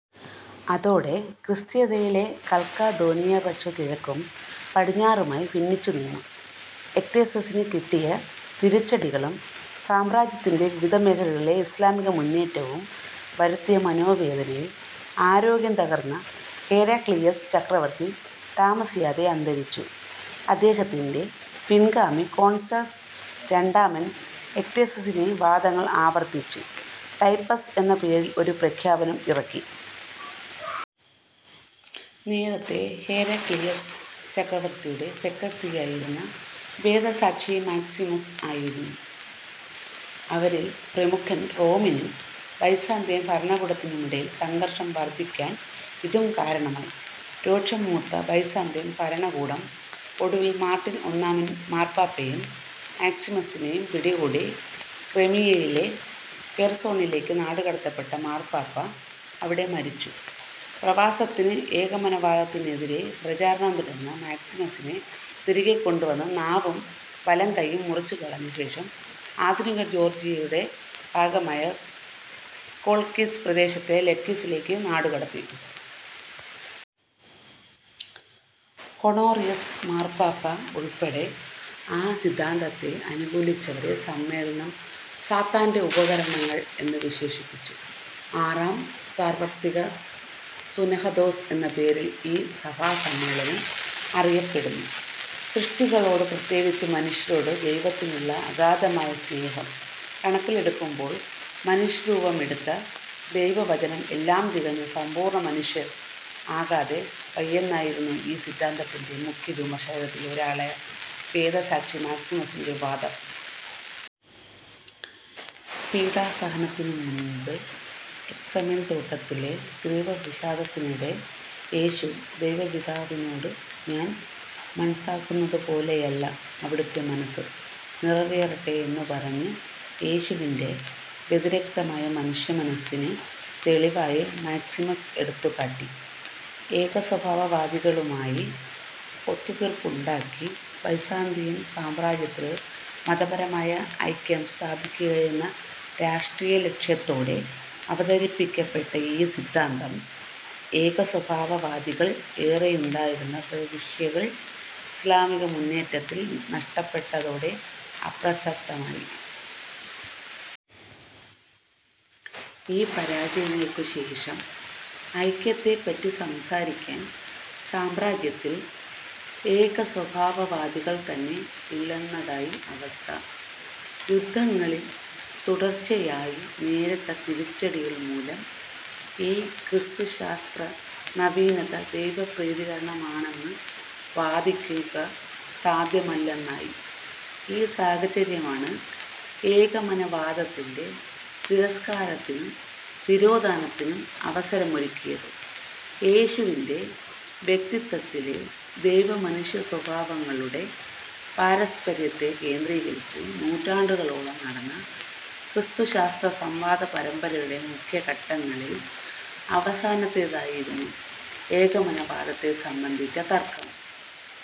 അതോടെ ക്രിസ്തീയതയിലെ കൽക്കദോനിയപക്ഷം കിഴക്കും പടിഞ്ഞാറുമായി ഭിന്നിച്ചുനിന്നു. എക്തേസിസിനു കിട്ടിയ തിരിച്ചടികളും സാമ്രാജ്യത്തിന്റെ വിവിധമേഖലകളിലെ ഇസ്ലാമിക മുന്നേറ്റവും വരുത്തിയ മനോവേദനയിൽ ആരോഗ്യം തകർന്ന ഹെരാക്ലിയസ് ചക്രവർത്തി താമസിയാതെ അന്തരിച്ചു. അദ്ദേഹത്തിന്റെ പിൻഗാമി കോൺസ്റ്റൻസ് രണ്ടാമൻ എക്തേസിസിലെ വാദങ്ങൾ ആവർത്തിച്ച് ടൈപ്പസ് എന്ന പേരിൽ ഒരു പ്രഖ്യാപനം ഇറക്കി. നേരത്തേ ഹെരാക്ലിയസ് ചക്രവർത്തിയുടെ സെക്രട്ടറിയായായിരുന്ന വേദസാക്ഷി മാക്സിമസ് ആയിരുന്നു അവരിൽ പ്രമുഖൻ. റോമിനും ബൈസാന്തിയൻ ഭരണകൂടത്തിനുമിടയിൽ സംഘർഷം വർദ്ധിക്കാൻ ഇതും കാരണമായി. രോഷം മൂത്ത ബൈസാന്തിയൻ ഭരണകൂടം ഒടുവിൽ മാർട്ടിൻ ഒന്നാമൻ മാർപ്പാപ്പയേയും മാക്സിമസിനേയും പിടികൂടി. ക്രൈമിയയിലെ കെർസോണിലേക്കു നാടുകടത്തപ്പെട്ട മാർപ്പാപ്പ അവിടെ മരിച്ചു. പ്രവാസത്തിലും ഏകമനഃവാദത്തിനെതിരെ പ്രചാരണം തുടർന്ന മാക്സിമസിനെ, തിരികെ കൊണ്ടുവന്ന് നാവും വലംകൈയ്യും മുറിച്ചു കളഞ്ഞ ശേഷം, ആധുനിക ജോർജ്ജിയയുടെ ഭാഗമായ കോൾക്കിസ് പ്രദേശത്തെ ലസീക്കയിലേക്കു നാടുകടത്തി. ഹൊണോറിയസ് മാർപ്പാപ്പ ഉൾപ്പെടെ ആ സിദ്ധാന്തത്തെ അനുകൂലിച്ചവരെ സമ്മേളനം, "സാത്താന്റെ ഉപകരണങ്ങൾ" എന്നു വിശേഷിപ്പിച്ചു. ആറാം സാർവർത്രിക സൂനഹദോസ് എന്ന പേരിൽ ഈ സഭാസമ്മേളനം അറിയപ്പെടുന്നു. സൃഷ്ടികളോട് പ്രത്യേകിച്ച് മനുഷ്യരോട് ദൈവത്തിനുള്ള അഗാധമായ സ്നേഹം കണക്കിലെടുക്കുമ്പോൾ, മനുഷ്യരൂപമെടുത്ത ദൈവവചനം എല്ലാം തികഞ്ഞ സമ്പൂർണ്ണമനുഷ്യൻ ആകാതെ വയ്യെന്നായിരുന്നു ഈ സിദ്ധാന്തത്തിന്റെ മുഖ്യവിമർശകരിൽ ഒരാളായ വേദസാക്ഷി മാക്സിമസിന്റെ വാദം. പീഡാസഹനത്തിനു മുൻപ് ഗെദ്സമേൻ തോട്ടത്തിലെ തീവ്രവിഷാദത്തിനിടെ യേശു, ദൈവപിതാവിനോട് "ഞാൻ മൻസ്സാകുന്നതു പോലെയല്ല, അവിടുത്തെ മനസ്സ് നിറവേറട്ടെ" എന്നു പറഞ്ഞത്, യേശുവിന്റെ വ്യതിരിക്തമായ മനുഷ്യമനസ്സിനു തെളിവായി മാക്സിമസ് എടുത്തുകാട്ടി. ഏകസ്വഭാവവാദികളുമായി ഒത്തുതീർപ്പുണ്ടാക്കി ബൈസാന്തിയൻ സാമ്രാജ്യത്തിൽ മതപരമായ ഐക്യം സ്ഥാപിക്കുകയെന്ന രാഷ്ട്രീയലക്ഷ്യത്തോടെ അവതരിപ്പിക്കപ്പെട്ട ഈ സിദ്ധാന്തം, ഏകസ്വഭാവവാദികൾ ഏറെയുണ്ടായിരുന്ന പ്രവിശ്യകൾ ഇസ്ലാമിക മുന്നേറ്റത്തിൽ നഷ്ടപ്പെട്ടതോടെ അപ്രസക്തമായി. ഈ പരാജയങ്ങൾക്കു ശേഷം, ഐക്യത്തെപ്പറ്റി സംസാരിക്കാൻ സാമ്രാജ്യത്തിൽ ഏകസ്വഭാവവാദികൾ തന്നെ ഇല്ലെന്നതായി അവസ്ഥ. യുദ്ധങ്ങളിൽ തുടർച്ചയായി നേരിട്ട തിരിച്ചടികൾ മൂലം, ഈ ക്രിസ്തുശാസ്ത്രനവീനത ദൈവപ്രീതികരമാണെന്നു വാദിക്കുക സാദ്ധ്യമല്ലെന്നായി. ഈ സാഹചര്യമാണ് ഏകമനഃവാദത്തിന്റെ തിരസ്കാരത്തിനും തിരോധാനത്തിനും അവസരമൊരുക്കിയത്. യേശുവിന്റെ വ്യക്തിത്വത്തിലെ ദൈവ-മനുഷ്യസ്വഭാവങ്ങളുടെ പാരസ്പര്യത്തെ കേന്ദ്രീകരിച്ച് നൂറ്റാണ്ടുകളോളം നടന്ന ക്രിസ്തുശാസ്ത്ര സംവാദപരമ്പരയുടെ മുഖ്യഘട്ടങ്ങളിൽ അവസാനത്തേതായിരുന്നു ഏകമനഃവാദത്തെ സംബന്ധിച്ച തർക്കം.